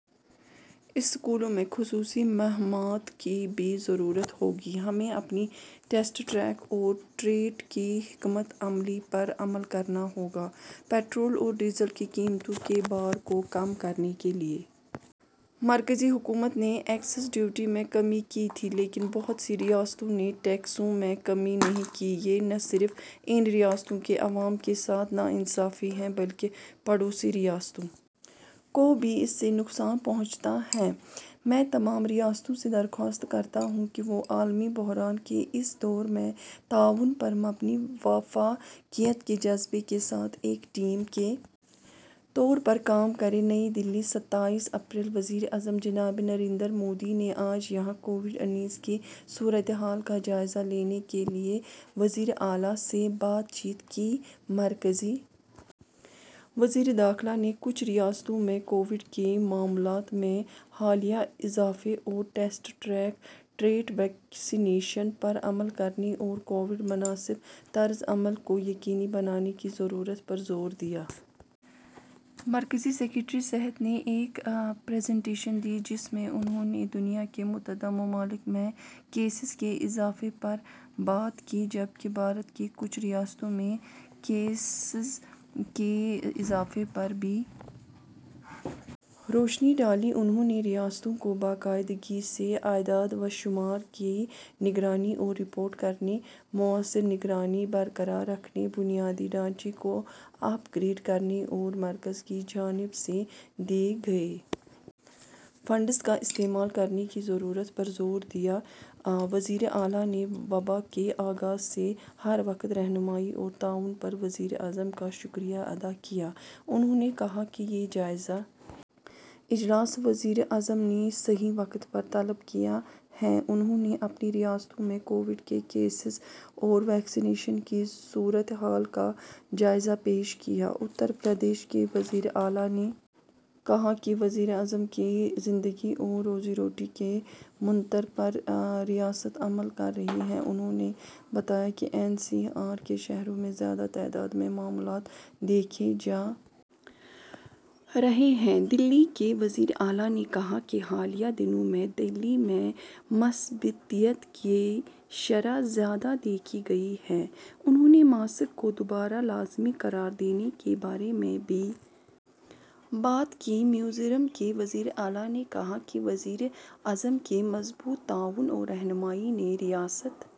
اسکولوں میں خصوصی مہمات کی بھی ضرورت ہوگی ہمیں اپنی ٹیسٹ ٹریک اور ٹریٹ کی حکمت عملی پر عمل کرنا ہوگا پٹرول اور ڈیزل کی قیمتوں کے بار کو کم کرنے کے لیے مرکزی حکومت نے ایکسائز ڈیوٹی میں کمی کی تھی لیکن بہت سی ریاستوں نے ٹیکسوں میں کمی نہیں کی یہ نہ صرف ان ریاستوں کے عوام کے ساتھ ناانصافی ہے بلکہ پڑوسی ریاستوں کو بھی اس سے نقصان پہنچتا ہے میں تمام ریاستوں سے درخواست کرتا ہوں کہ وہ عالمی بحران کے اس دور میں تعاون پر مبنی وفاقیت کے جذبے کے ساتھ ایک ٹیم کے طور پر کام کریں نئی دہلی ستائیس اپریل وزیر اعظم جناب نریندر مودی نے آج یہاں کووڈ انیس کی صورت حال کا جائزہ لینے کے لیے وزرائے اعلیٰ سے بات چیت کی مرکزی وزیر داخلہ نے کچھ ریاستوں میں کووڈ کے معاملات میں حالیہ اضافے اور ٹیسٹ ٹریک ٹریٹ ویکسینیشن پر عمل کرنے اور کووڈ مناسب طرز عمل کو یقینی بنانے کی ضرورت پر زور دیا مرکزی سکریٹری صحت نے ایک پریزنٹیشن دی جس میں انہوں نے دنیا کے متعدد ممالک میں کیسز کے اضافے پر بات کی جبکہ بھارت کی کچھ ریاستوں میں کیسز کے اضافے پر بھی روشنی ڈالی انہوں نے ریاستوں کو باقاعدگی سے اعداد و شمار کی نگرانی اور رپورٹ کرنے موثر نگرانی برقرار رکھنے بنیادی ڈھانچے کو اپ گریڈ کرنے اور مرکز کی جانب سے دیے گئے فنڈز کا استعمال کرنے کی ضرورت پر زور دیا وزرائے اعلیٰ نے وبا کے آغاز سے بروقت رہنمائی اور تعاون پر وزیر اعظم کا شکریہ ادا کیا انہوں نے کہا کہ یہ جائزہ اجلاس وزیر اعظم نے صحیح وقت پر طلب کیا ہے انہوں نے اپنی ریاستوں میں کووڈ کے کیسز اور ویکسینیشن کی صورت حال کا جائزہ پیش کیا اتر پردیش کے وزیر اعلیٰ نے کہا کہ وزیر اعظم کی زندگی اور روزی روٹی کے منتر پر ریاست عمل کر رہی ہے انہوں نے بتایا کہ این سی آر کے شہروں میں زیادہ تعداد میں معاملات دیکھے جا رہے ہیں دہلی کے وزیر اعلیٰ نے کہا کہ حالیہ دنوں میں دہلی میں مثبتیت کی شرح زیادہ دیکھی گئی ہے انہوں نے ماسک کو دوبارہ لازمی قرار دینے کے بارے میں بھی بات کی میزورم کے وزیر اعلیٰ نے کہا کہ وزیر اعظم کے مضبوط تعاون اور رہنمائی نے ریاست